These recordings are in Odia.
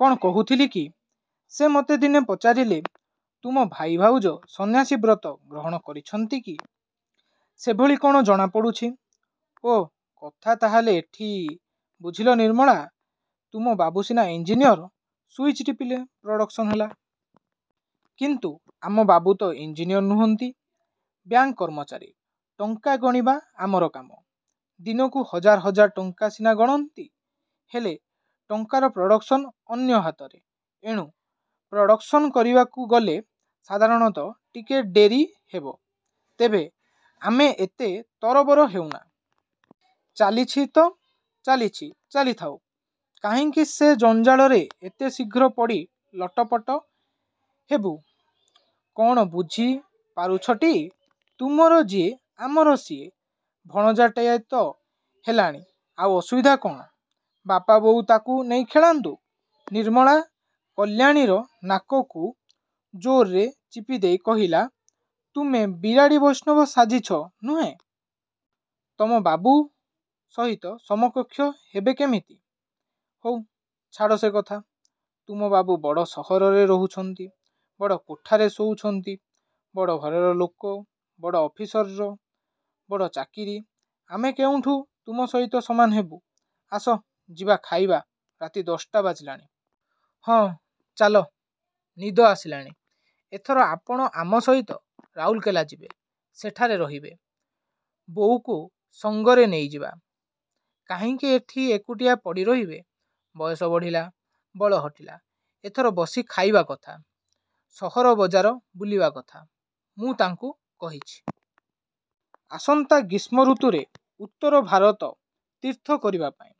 କ'ଣ କହୁଥିଲି କି, ସେ ମୋତେ ଦିନେ ପଚାରିଲେ, ତୁମ ଭାଇ ଭାଉଜ ସନ୍ୟାସୀ ବ୍ରତ ଗ୍ରହଣ କରିଛନ୍ତି କି? ସେଭଳି କ'ଣ ଜଣା ପଡ଼ୁଛି। ଓଃ କଥା ତା'ହେଲେ ଏଠି। ବୁଝିଲ ନିର୍ମଳା ତୁମ ବାବୁ ସିନା ଇଞ୍ଜିନିୟର। ସୁଇଚ୍ ଟିପିଲେ ପ୍ରଡ଼କ୍ସନ ହେଲା। କିନ୍ତୁ ଆମବାବୁ ତ ଇଞ୍ଜିନିୟର ନୁହଁନ୍ତି, ବ୍ୟାଙ୍କ କର୍ମଚାରୀ। ଟଙ୍କା ଗଣିବା ଆମର କାମ। ଦିନକୁ ହଜାର ହଜାର ଟଙ୍କା ସିନା ଗଣନ୍ତି, ହେଲେ ଟଙ୍କାର ପ୍ରଡ଼କ୍ସନ ଅନ୍ୟ ହାତରେ। ଏଣୁ ପ୍ରଡ଼କ୍ସନ କରିବାକୁ ଗଲେ ସାଧାରଣତଃ ଟିକେ ଡେରି ହେବ। ତେବେ ଆମେ ଏତେ ତରବର ହେଉନା। ଚାଲିଛି ତ ଚାଲିଛି ଚାଲିଥାଉ। କାହିଁକି ସେ ଜଞ୍ଜାଳରେ ଏତେ ଶୀଘ୍ର ପଡ଼ି ଲଟପଟ ହେବୁ। କ'ଣ ବୁଝି ପାରୁଛଟି? ତୁମର ଯିଏ ଆମର ସିଏ। ଭଣଜାଟିଏ ତ ହେଲାଣି ଆଉ ଅସୁବିଧା କ'ଣ? ବାପା ବୋଉ ତା'କୁ ନେଇ ଖେଳନ୍ତୁ। ନିର୍ମଳା କଲ୍ୟାଣୀର ନାକକୁ ଜୋରରେ ଚିପିଦେଇ କହିଲା ତୁମେ ବିରାଡ଼ି ବୈଷ୍ଣବ ସାଜିଛ ନୁହେଁ? ତମବାବୁ ସହିତ ସମକକ୍ଷ ହେବେ କେମିତି? ହଉ ଛାଡ଼ ସେ କଥା। ତୁମବାବୁ ବଡ଼ ସହରରେ ରହୁଛନ୍ତି, ବଡ଼ କୋଠାରେ ଶୋଉଛନ୍ତି, ବଡ଼ ଘରର ଲୋକ, ବଡ଼ ଅଫିସର, ବଡ଼ ଚାକିରି, ଆମେ କେଉଁଠୁ ତୁମ ସହିତ ସମାନ ହେବୁ। ଆସ ଯିବା ଖାଇବା, ରାତି ଦଶଟା ବାଜିଲାଣି। ହଁ ଚାଲ, ନିଦ ଆସିଲାଣି। ଏଥର ଆପଣ ଆମ ସହିତ ରାଉରକେଲା ଯିବେ। ସେଠାରେ ରହିବେ। ବୋଉକୁ ସଙ୍ଗରେ ନେଇଯିବା। କାହିଁକି ଏଠି ଏକୁଟିଆ ପଡ଼ି ରହିବେ। ବୟସ ବଢ଼ିଲା, ବଳ ହଟିଲା, ଏଥର ବସି ଖାଇବା କଥା। ସହର ବଜାର ବୁଲିବା କଥା। ମୁଁ ତାଙ୍କୁ କହିଛି। ଆସନ୍ତା ଗ୍ରୀଷ୍ମ ଋତୁରେ ଉତ୍ତର ଭାରତ ତୀର୍ଥ କରିବା ପାଇଁ।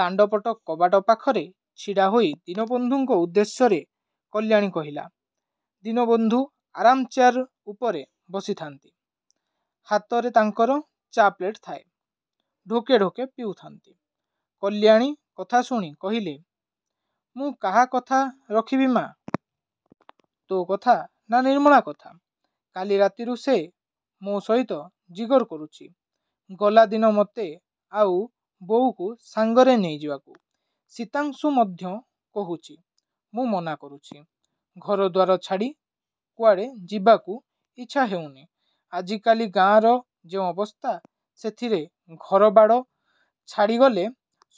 ଦାଣ୍ଡପଟ କବାଟ ପାଖରେ ଛିଡ଼ାହୋଇ ଦୀନବନ୍ଧୁଙ୍କ ଉଦ୍ଦେଶ୍ୟରେ କଲ୍ୟାଣୀ କହିଲା। ଦୀନବନ୍ଧୁ ଆରାମ୍ ଚେୟାର ଉପରେ ବସିଥାନ୍ତି। ହାତରେ ତାଙ୍କର ଚା' ପ୍ଳେଟ୍ ଥାଏ। ଢୋକେ ଢୋକେ ପିଉଥାନ୍ତି। କଲ୍ୟାଣୀ କଥାଶୁଣି କହିଲେ, ମୁଁ କାହା କଥା ରଖିବି ମା'! ତୋ' କଥା ନା ନିର୍ମଳା କଥା। କାଲି ରାତିରୁ ସେ ମୋ ସହିତ ଜିଗର କରୁଛି ଗଲାଦିନ ମୋତେ ଆଉ ବୋଉକୁ ସାଙ୍ଗରେ ନେଇଯିବାକୁ। ଶୀତାଂଶୁ ମଧ୍ୟ କହୁଛି, ମୁଁ ମନା କରୁଛି। ଘରଦ୍ୱାର ଛାଡ଼ି କୁଆଡ଼େ ଯିବାକୁ ଇଚ୍ଛା ହେଉନି। ଆଜିକାଲି ଗାଁର ଯେଉଁ ଅବସ୍ଥା, ସେଥିରେ ଘରବାଡ଼ି ଛାଡ଼ିଗଲେ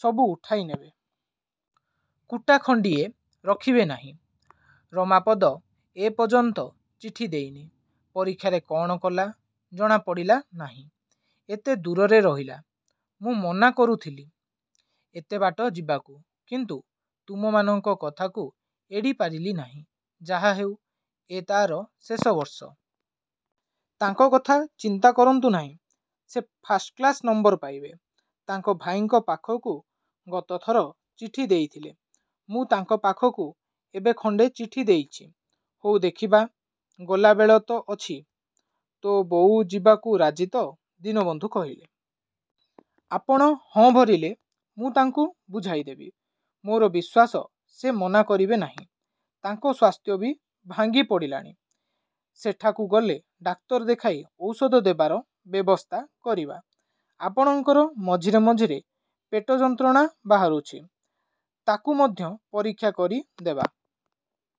ସବୁ ଉଠେଇ ନେବେ। କୁଟା ଖଣ୍ଡିଏ ରଖିବେ ନାହିଁ। ରମାପଦ ଏ ପର୍ଯ୍ୟନ୍ତ ଚିଠି ଦେଇନି। ପରୀକ୍ଷାରେ କ'ଣ କଲା, ଜଣା ପଡ଼ିଲା ନାହିଁ। ଏତେ ଦୂରରେ ରହିଲା। ମୁଁ ମନା କରୁଥିଲି ଏତେ ବାଟ ଯିବାକୁ। କିନ୍ତୁ ତୁମମାନଙ୍କ କଥାକୁ ଏଡ଼ି ପାରିଲି ନାହିଁ। ଯାହା ହେଉ ଏ ତା'ର ଶେଷ ବର୍ଷ। ତାଙ୍କ କଥା ଚିନ୍ତା କରନ୍ତୁ ନାହିଁ, ସେ ଫାଷ୍ଟକ୍ଳାସ ନମ୍ୱର ପାଇବେ। ତାଙ୍କ ଭାଇଙ୍କ ପାଖକୁ ଗତଥର ଚିଠି ଦେଇଥିଲେ। ମୁଁ। ତାଙ୍କ ପାଖକୁ ଏବେ ଖଣ୍ଡେ ଚିଠି ଦେଇଛି। ହଉ ଦେଖିବା, ଗଲାବେଳ ତ ଅଛି। ତୋ ବୋଉ ଯିବାକୁ ରାଜି ତ, ଦୀନବନ୍ଧୁ କହିଲେ। ଆପଣ ହଁ ଭରିଲେ ମୁଁ ତାଙ୍କୁ ବୁଝାଇ ଦେବି। ମୋର ବିଶ୍ୱାସ ସେ ମନା କରିବେ ନାହିଁ। ତାଙ୍କ ସ୍ୱାସ୍ଥ୍ୟ ବି ଭାଙ୍ଗି ପଡ଼ିଲାଣି। ସେଠାକୁ ଗଲେ ଡାକ୍ତର ଦେଖାଇ ଔଷଧ ଦେବାର ବ୍ୟବସ୍ଥା କରିବା। ଆପଣଙ୍କର ମଝିରେ ମଝିରେ ପେଟ ଯନ୍ତ୍ରଣା ବାହାରୁଛି, ତା'କୁ ମଧ୍ୟ ପରୀକ୍ଷା କରି ଦେବା।